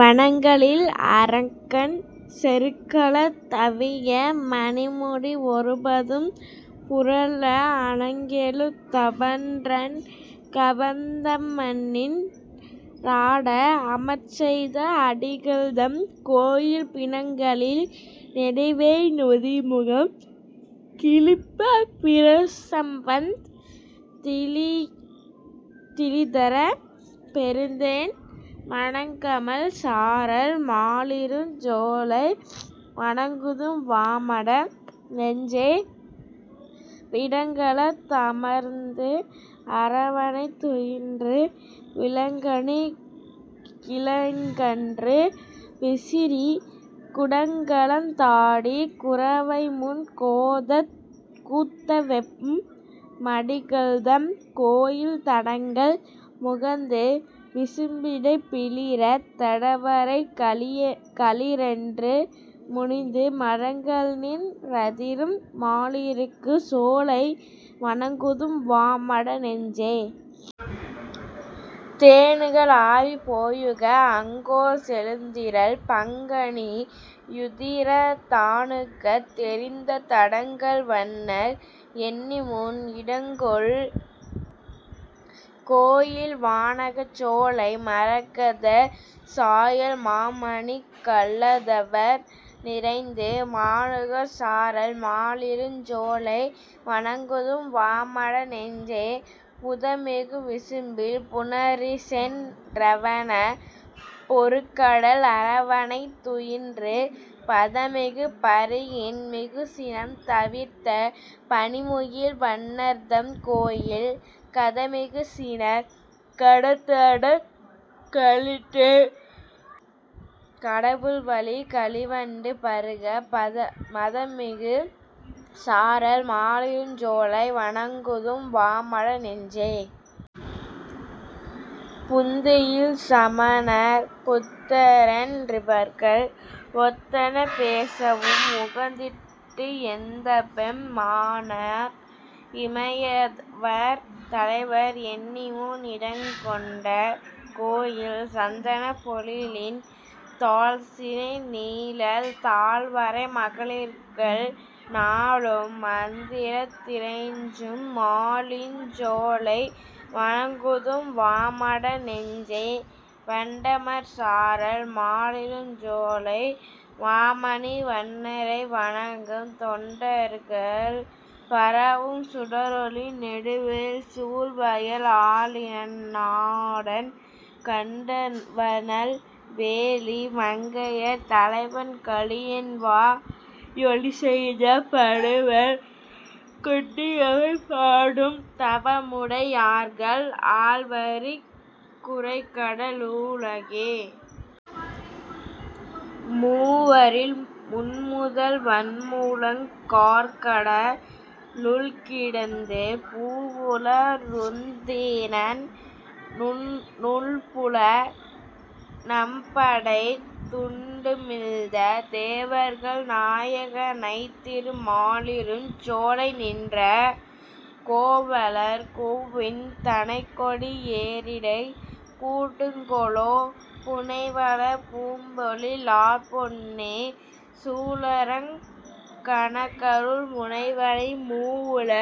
வணங்கலில் அரக்கன் செருக்களத் தவிய மணிமுடி ஒருபதும் புரள அணங்கெழுந் தவன்றன் கவந்தம்நின் றாட அமர்ச்செய்த அடிகள்தம் கோயில் பிணங்கலில் நெடுவேய் நுதிமுகம் கிழிப்பப் பிரசம்வந் திழிதர பெருந்தேன் மணங்கமழ் சாரல் மாலிருஞ் சோலை வணங்குதும் வாமட நெஞ்சே.. விடங்கலந் தமர்ந்த அரவணைத் துயின்று விளங்கனிக் கிளங்கன்று விசிறி, குடங்கலந் தாடிக் குரவைமுன் கோத்த கூத்தவெம் மடிகள்தம் கோயில் தடங்கடல் முகந்து விசும்பிடைப் பிளிறத் தடவரைக் களிறென்று முனிந்து மடங்கல்நின் றதிரும் மாலிருஞ் சோலை வணங்குதும் வாமட நெஞ்சே.. தேனுகன் ஆவி போயுக அங்கோர் செழுந்திரள் பனங்கனி யுதிர தானுகந் தெறிந்த தடங்கடல் வண்ணர் எண்ணிமுன் இடங்கொண்ட கோயில், வானகச் சோலை மரகதச் சாயல் மாமணிக் கல்லதர் நிறைந்து, மானுகர் சாரல் மாலிருஞ் சோலை வணங்குதும் வாமட நெஞ்சே.. புதமிகு விசும்பில் புணரிசென் றணவப் பொருகடல் அரவணைத் துயின்று, பதமிகு பரியின் மிகுசினம் தவிர்த்த பனிமுகில் வண்ணர்தம் கோயில், கதமிகு சினத்த கடதடக் களிற்றின் கடவுள்வழிக் களிவண்டு பருக, மதமிகு சாரல் மாலிருஞ் சோலை வணங்குதும் வாமட நெஞ்சே.. புந்தியில் சமணர் புத்தரென் றிவர்கள் ஒத்தன பேசவும் உகந்திட்டு, எந்தைபெம் மானார் இமையவர் தலைவர் எண்ணிமுன் இடங்கொண்ட கோயில், சந்தனப் பொழிலின் தாழ்சினை நீழல் தாழ்வரை மகளிர்கள் நாளும், மந்திரத் திறைஞ்சும் மாலிருஞ் சோலை வணங்குதும் வாமட நெஞ்சே.. வண்டமர் சாரல் மாலிருஞ் சோலை மாமணி வண்ணரை வணங்கும், தொண்டர்கள்ளல பரவும் சுடரொளி நெடுவேல் சூழ்வயல் ஆலிநன் னாடன் கண்டல்நல் வேலி மங்கையர் தலைவன் கலியன்வா யொலிசெய்த பனுவல், கொண்டிவை பாடும் தவமுடை யார்கள் ஆள்வரிக் குரைகட லுலகே. மூவரில் முன்முதல் வன்முழங் கார்கட லுள்கிடந்து, பூவுல ருந்திதன் னுள்புவ னம்படைத் துண்டுமிழ்ந்த, தேவர்கள் நாயக னைத்திரு மாலிருஞ் சோலைநின்ற, கோவலர் கோவிந் தனைக்கொடி யேரிடை கூடுங்கொலோ.. புனைவளர் பூம்பொழி லார்பொன்னி சூழரங் கநகருள் முனைவனை, மூவுல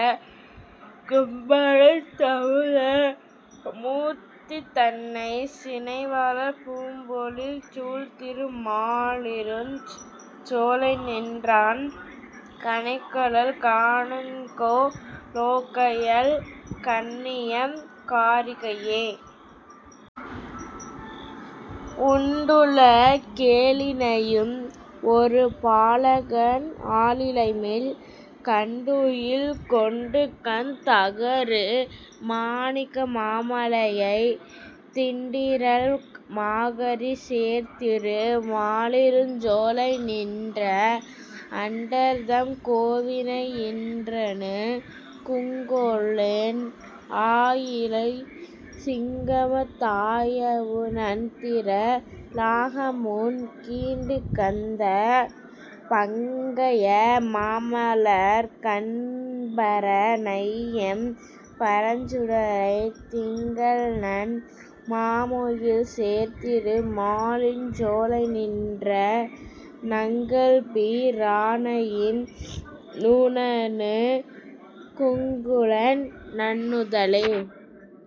கும்படைத் தமுதல் மூர்த்திதன்னை, சினைவளர் பூம்பொழில் சூழ்திரு மாலிருஞ் சோலைநின்றான் கனைகழல் காணுங்கொ லோகயல் கண்ணியெம் காரிகையே.. உண்டுல கேழினை யும் ஒரு பாலகன் ஆலிலைமேல், கண்டுயில் கொண்டுகந் தகரு மாணிக்க மாமலையை, திண்டிறல் மாகரி சேர்திரு மாலிருஞ் சோலைநின்ற, அண்டர்தம் கோவினை யின்றணு குங்கொலென் ஆயிழையே.. சிங்கம தாயவு ணன்திற லாகம்முன் கீண்டுகந்த, பங்கய மாமலர்க் கண்பர னையெம் பரஞ்சுடரை, திங்கள்நன் மாமுகில் சேர்திரு மாலிருஞ் சோலைநின்ற, நங்கள்பி ரானையின் றுநணு குங்கொலென் நன்னுதலே.